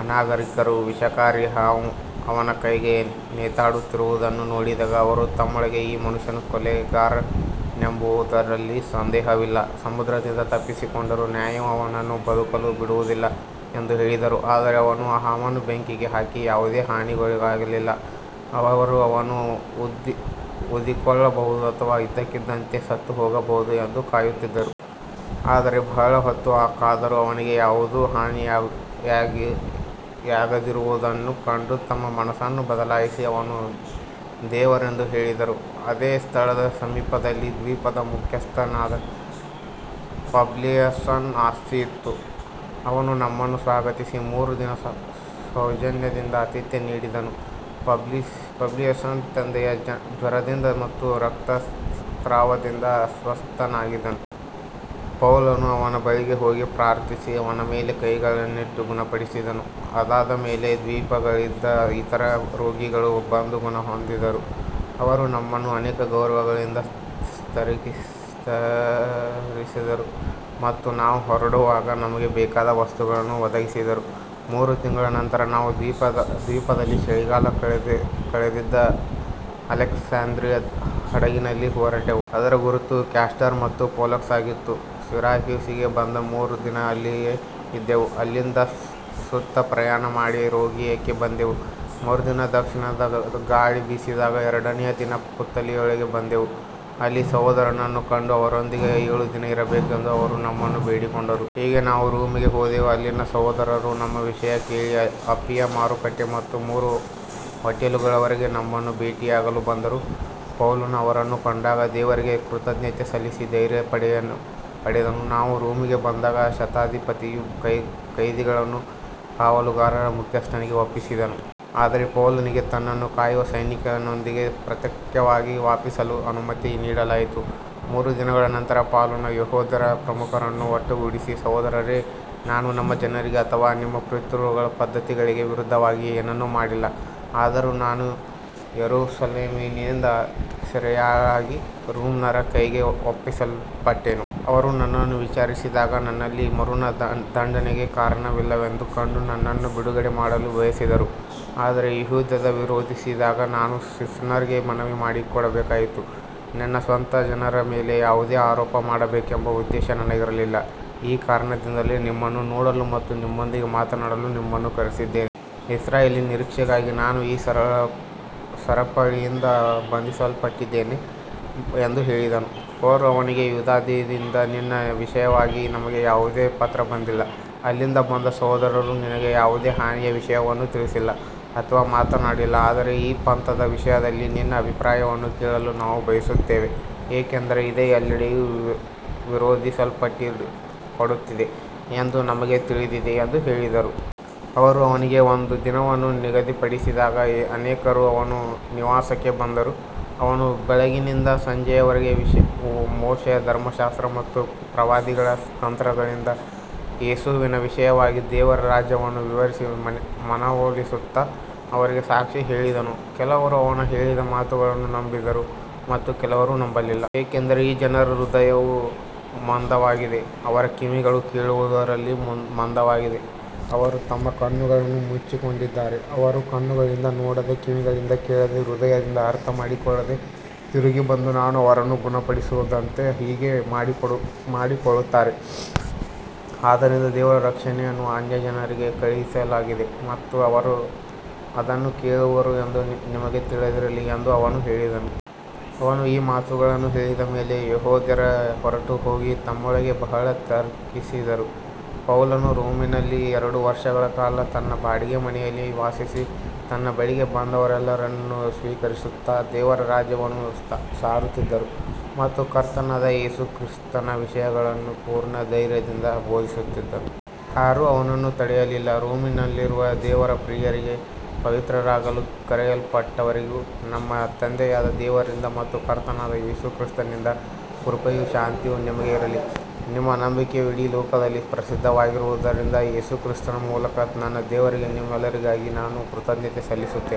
ಅನಾಗರಿಕರು ವಿಷಕಾರಿ ಹಾವು ಅವನ ಕೈಗೆ ನೇತಾಡುತ್ತಿರುವುದನ್ನು ನೋಡಿದಾಗ, ಅವರು ತಮ್ಮೊಳಗೆ, ಈ ಮನುಷ್ಯನು ಕೊಲೆಗಾರನೆಂಬುದರಲ್ಲಿ ಸಂದೇಹವಿಲ್ಲ, ಸಮುದ್ರದಿಂದ ತಪ್ಪಿಸಿಕೊಂಡರೂ ನ್ಯಾಯವು ಅವನನ್ನು ಬದುಕಲು ಬಿಡುವುದಿಲ್ಲ ಎಂದು ಹೇಳಿದರು. ಆದರೆ ಅವನು ಹಾವನ್ನು ಬೆಂಕಿಗೆ ಹಾಕಿ ಯಾವುದೇ ಹಾನಿಗೊಳಗಾಗಲಿಲ್ಲ. ಅವರು ಅವನು ಊದಿಕೊಳ್ಳಬಹುದು ಅಥವಾ ಇದ್ದಕ್ಕಿದ್ದಂತೆ ಸತ್ತುಹೋಗಬಹುದು ಎಂದು ಕಾಯುತ್ತಿದ್ದರು. ಆದರೆ ಬಹಳ ಹೊತ್ತು ಕಾದರೂ ಅವನಿಗೆ ಯಾವುದೇ ಹಾನಿಯಾಗದಿರುವುದನ್ನು ಕಂಡು ತಮ್ಮ ಮನಸ್ಸನ್ನು ಬದಲಾಯಿಸಿ, ಅವನು ದೇವರೆಂದು ಹೇಳಿದರು. ಅದೇ ಸ್ಥಳದ ಸಮೀಪದಲ್ಲಿ ದ್ವೀಪದ ಮುಖ್ಯಸ್ಥನಾದ ಪಬ್ಲಿಯಸನ ಆಸ್ತಿ ಇತ್ತು. ಅವನು ನಮ್ಮನ್ನು ಸ್ವಾಗತಿಸಿ ಮೂರು ದಿನ ಸೌಜನ್ಯದಿಂದ ಆತಿಥ್ಯ ನೀಡಿದನು. ಪಬ್ಲಿಯಸನ ತಂದೆಯು ಜ್ವರದಿಂದ ಮತ್ತು ರಕ್ತಸ್ರಾವದಿಂದ ಅಸ್ವಸ್ಥನಾಗಿದ್ದನು. ಪೌಲನು ಅವನ ಬಳಿಗೆ ಹೋಗಿ ಪ್ರಾರ್ಥಿಸಿ, ಅವನ ಮೇಲೆ ಕೈಗಳನ್ನಿಟ್ಟು ಗುಣಪಡಿಸಿದನು. ಇದಾದ ಮೇಲೆ ದ್ವೀಪದಲ್ಲಿದ್ದ ಇತರ ರೋಗಿಗಳೂ ಬಂದು ಗುಣಹೊಂದಿದರು. ಅವರು ನಮ್ಮನ್ನು ಅನೇಕ ಗೌರವಗಳಿಂದ ಸತ್ಕರಿಸಿದರು ಮತ್ತು ನಾವು ಹೊರಡುವಾಗ ನಮಗೆ ಬೇಕಾದ ವಸ್ತುಗಳನ್ನು ಒದಗಿಸಿದರು. ಮೂರು ತಿಂಗಳ ನಂತರ ನಾವು ದ್ವೀಪದಲ್ಲಿ ಚಳಿಗಾಲ ಕಳೆದಿದ್ದ ಅಲೆಕ್ಸಾಂದ್ರಿಯದ ಹಡಗಿನಲ್ಲಿ ಹೊರಟೆವು. ಅದರ ಗುರುತು ಕ್ಯಾಸ್ಟರ್ ಮತ್ತು ಪೊಲಕ್ಸ್ ಆಗಿತ್ತು. ಸಿರಾಕ್ಯೂಸಿಗೆ ಬಂದು ಮೂರು ದಿನ ಅಲ್ಲಿಯೇ ಇದ್ದೆವು. ಅಲ್ಲಿಂದ ಸುತ್ತುಪ್ರಯಾಣ ಮಾಡಿ ರೇಗಿಯಕ್ಕೆ ಬಂದೆವು. ಮರುದಿನ ದಕ್ಷಿಣದ ಗಾಳಿ ಬೀಸಿದಾಗ ಎರಡನೆಯ ದಿನ ಪುತ್ತಿಯೋಲಿಗೆ ಬಂದೆವು. ಅಲ್ಲಿ ಸಹೋದರರನ್ನು ಕಂಡು ಅವರೊಂದಿಗೆ ಏಳು ದಿನ ಇರಬೇಕೆಂದು ಅವರು ನಮ್ಮನ್ನು ಬೇಡಿಕೊಂಡರು. ಹೀಗೆ ನಾವು ರೋಮಿಗೆ ಹೋದೆವು. ಅಲ್ಲಿನ ಸಹೋದರರು ನಮ್ಮ ವಿಷಯ ಕೇಳಿ ಅಪ್ಪಿಯ ಮಾರುಕಟ್ಟೆ ಮತ್ತು ಮೂರು ಹೋಟೆಲುಗಳವರೆಗೆ ನಮ್ಮನ್ನು ಭೇಟಿಯಾಗಲು ಬಂದರು. ಪೌಲನು ಅವರನ್ನು ಕಂಡಾಗ ದೇವರಿಗೆ ಕೃತಜ್ಞತೆ ಸಲ್ಲಿಸಿ ಧೈರ್ಯ ಪಡೆದನು. ನಾವು ರೋಮಿಗೆ ಬಂದಾಗ ಶತಾಧಿಪತಿಯು ಕೈದಿಗಳನ್ನು ಕಾವಲುಗಾರರ ಮುಖ್ಯಸ್ಥನಿಗೆ ಒಪ್ಪಿಸಿದನು. ಆದರೆ ಪೌಲನಿಗೆ ತನ್ನನ್ನು ಕಾಯುವ ಸೈನಿಕನೊಂದಿಗೆ ಪ್ರತ್ಯೇಕವಾಗಿ ವಾಸಿಸಲು ಅನುಮತಿ ನೀಡಲಾಯಿತು. ಮೂರು ದಿನಗಳ ನಂತರ ಪೌಲನು ಯೆಹೂದ್ಯರ ಪ್ರಮುಖರನ್ನು ಒಟ್ಟುಗೂಡಿಸಿ, ಸಹೋದರರೇ, ನಾನು ನಮ್ಮ ಜನರಿಗೆ ಅಥವಾ ನಮ್ಮ ಪಿತೃಗಳ ಪದ್ಧತಿಗಳಿಗೆ ವಿರುದ್ಧವಾಗಿ ಏನನ್ನೂ ಮಾಡಿಲ್ಲ. ಆದರೂ ನಾನು ಯೆರೂಸಲೇಮಿನಿಂದ ಸೆರೆಯಾಳಾಗಿ ರೋಮನ್ನರ ಕೈಗೆ ಒಪ್ಪಿಸಲ್ಪಟ್ಟೆನು. ಅವರು ನನ್ನನ್ನು ವಿಚಾರಿಸಿದಾಗ ನನ್ನಲ್ಲಿ ಮರಣದಂಡನೆಗೆ ಕಾರಣವಿಲ್ಲವೆಂದು ಕಂಡು ನನ್ನನ್ನು ಬಿಡುಗಡೆ ಮಾಡಲು ಬಯಸಿದರು. ಆದರೆ ಯೆಹೂದ್ಯರು ವಿರೋಧಿಸಿದಾಗ ನಾನು ಸೀಸರ್‌ಗೆ ಮನವಿ ಮಾಡಬೇಕಾಯಿತು. ನನ್ನ ಸ್ವಂತ ಜನರ ಮೇಲೆ ಯಾವುದೇ ಆರೋಪ ಮಾಡಬೇಕೆಂಬ ಉದ್ದೇಶ ನನಗಿರಲಿಲ್ಲ. ಈ ಕಾರಣದಿಂದಲೇ ನಿಮ್ಮನ್ನು ನೋಡಲು ಮತ್ತು ನಿಮ್ಮೊಂದಿಗೆ ಮಾತನಾಡಲು ನಿಮ್ಮನ್ನು ಕರೆಸಿದ್ದೇನೆ. ಇಸ್ರಾಯೇಲಿನ ನಿರೀಕ್ಷೆಗಾಗಿ ನಾನು ಈ ಸರಪಳಿಯಿಂದ ಬಂಧಿಸಲ್ಪಟ್ಟಿದ್ದೇನೆ ಎಂದು ಹೇಳಿದನು. ಅವರು ಅವನಿಗೆ, ಯೂದಾಯದಿಂದ ನಿನ್ನ ವಿಷಯವಾಗಿ ನಮಗೆ ಯಾವುದೇ ಪತ್ರ ಬಂದಿಲ್ಲ, ಅಲ್ಲಿಂದ ಬಂದ ಸಹೋದರರೂ ನಿನಗೆ ಯಾವುದೇ ಹಾನಿಯ ವಿಷಯವನ್ನು ತಿಳಿಸಿಲ್ಲ ಅಥವಾ ಮಾತನಾಡಿಲ್ಲ. ಆದರೆ ಈ ಪಂಥದ ವಿಷಯದಲ್ಲಿ ನಿನ್ನ ಅಭಿಪ್ರಾಯವನ್ನು ಕೇಳಲು ನಾವು ಬಯಸುತ್ತೇವೆ, ಏಕೆಂದರೆ ಇದು ಎಲ್ಲೆಡೆಯೂ ವಿರೋಧಿಸಲ್ಪಡುತ್ತಿದೆ ಎಂದು ನಮಗೆ ತಿಳಿದಿದೆ ಎಂದು ಹೇಳಿದರು. ಅವರು ಅವನಿಗೆ ಒಂದು ದಿನವನ್ನು ನಿಗದಿಪಡಿಸಿದಾಗ ಅನೇಕರು ಅವನ ನಿವಾಸಕ್ಕೆ ಬಂದರು. ಅವನು ಬೆಳಗ್ಗಿನಿಂದ ಸಂಜೆಯವರೆಗೆ ಮೋಶೆಯ ಧರ್ಮಶಾಸ್ತ್ರ ಮತ್ತು ಪ್ರವಾದಿಗಳ ಗ್ರಂಥಗಳಿಂದ ಯೇಸುವಿನ ವಿಷಯವಾಗಿ ದೇವರ ರಾಜ್ಯವನ್ನು ವಿವರಿಸಿ ಮನವೊಲಿಸುತ್ತಾ ಅವರಿಗೆ ಸಾಕ್ಷಿ ಹೇಳಿದನು. ಕೆಲವರು ಅವನು ಹೇಳಿದ ಮಾತುಗಳನ್ನು ನಂಬಿದರು ಮತ್ತು ಕೆಲವರು ನಂಬಲಿಲ್ಲ. ಏಕೆಂದರೆ ಈ ಜನರ ಹೃದಯವು ಮಂದವಾಗಿದೆ, ಅವರ ಕಿವಿಗಳು ಕೇಳುವುದರಲ್ಲಿ ಮಂದವಾಗಿವೆ, ಅವರು ತಮ್ಮ ಕಣ್ಣುಗಳನ್ನು ಮುಚ್ಚಿಕೊಂಡಿದ್ದಾರೆ. ಅವರು ಕಣ್ಣುಗಳಿಂದ ನೋಡದೆ, ಕಿವಿಗಳಿಂದ ಕೇಳದೆ, ಹೃದಯದಿಂದ ಅರ್ಥಮಾಡಿಕೊಳ್ಳದೆ, ತಿರುಗಿ ಬಂದು ನಾನು ಅವರನ್ನು ಗುಣಪಡಿಸದಂತೆ ಹೀಗೆ ಮಾಡಿಕೊಳ್ಳುತ್ತಾರೆ. ಆದ್ದರಿಂದ ದೇವರ ರಕ್ಷಣೆಯನ್ನು ಅನ್ಯಜನರಿಗೆ ಕಳುಹಿಸಲಾಗಿದೆ ಮತ್ತು ಅವರು ಅದನ್ನು ಕೇಳುವರು ಎಂದು ನಿಮಗೆ ತಿಳಿದಿರಲಿ ಎಂದು ಅವನು ಹೇಳಿದನು. ಅವನು ಈ ಮಾತುಗಳನ್ನು ಹೇಳಿದ ಮೇಲೆ ಯೆಹೂದ್ಯರು ಹೊರಟುಹೋಗಿ ತಮ್ಮೊಳಗೆ ಬಹಳ ತರ್ಕಿಸಿದರು. ಪೌಲನು ರೋಮಿನಲ್ಲಿ ಎರಡು ವರ್ಷಗಳ ಕಾಲ ತನ್ನ ಬಾಡಿಗೆ ಮನೆಯಲ್ಲಿ ವಾಸಿಸಿ, ತನ್ನ ಬಳಿಗೆ ಬಂದವರೆಲ್ಲರನ್ನು ಸ್ವೀಕರಿಸುತ್ತಾ, ದೇವರ ರಾಜ್ಯವನ್ನು ಸಾರುತ್ತಿದ್ದನು ಮತ್ತು ಕರ್ತನಾದ ಯೇಸು ಕ್ರಿಸ್ತನ ವಿಷಯಗಳನ್ನು ಪೂರ್ಣ ಧೈರ್ಯದಿಂದ ಬೋಧಿಸುತ್ತಿದ್ದನು. ಯಾರೂ ಅವನನ್ನು ತಡೆಯಲಿಲ್ಲ. ರೋಮಿನಲ್ಲಿರುವ ದೇವರ ಪ್ರಿಯರಿಗೂ ಪವಿತ್ರರಾಗಲು ಕರೆಯಲ್ಪಟ್ಟವರಿಗೂ, ನಮ್ಮ ತಂದೆಯಾದ ದೇವರಿಂದ ಮತ್ತು ಕರ್ತನಾದ ಯೇಸು ಕ್ರಿಸ್ತನಿಂದ ಕೃಪೆಯೂ ಶಾಂತಿಯೂ ನಿಮಗೆ ಇರಲಿ. ನಿಮ್ಮ ನಂಬಿಕೆಯು ಇಡೀ ಲೋಕದಲ್ಲಿ ಪ್ರಸಿದ್ಧವಾಗಿರುವುದರಿಂದ, ಯೇಸು ಕ್ರಿಸ್ತನ ಮೂಲಕ ನನ್ನ ದೇವರಿಗೆ ನಿಮ್ಮೆಲ್ಲರಿಗಾಗಿ ನಾನು ಕೃತಜ್ಞತೆ ಸಲ್ಲಿಸುತ್ತೇನೆ.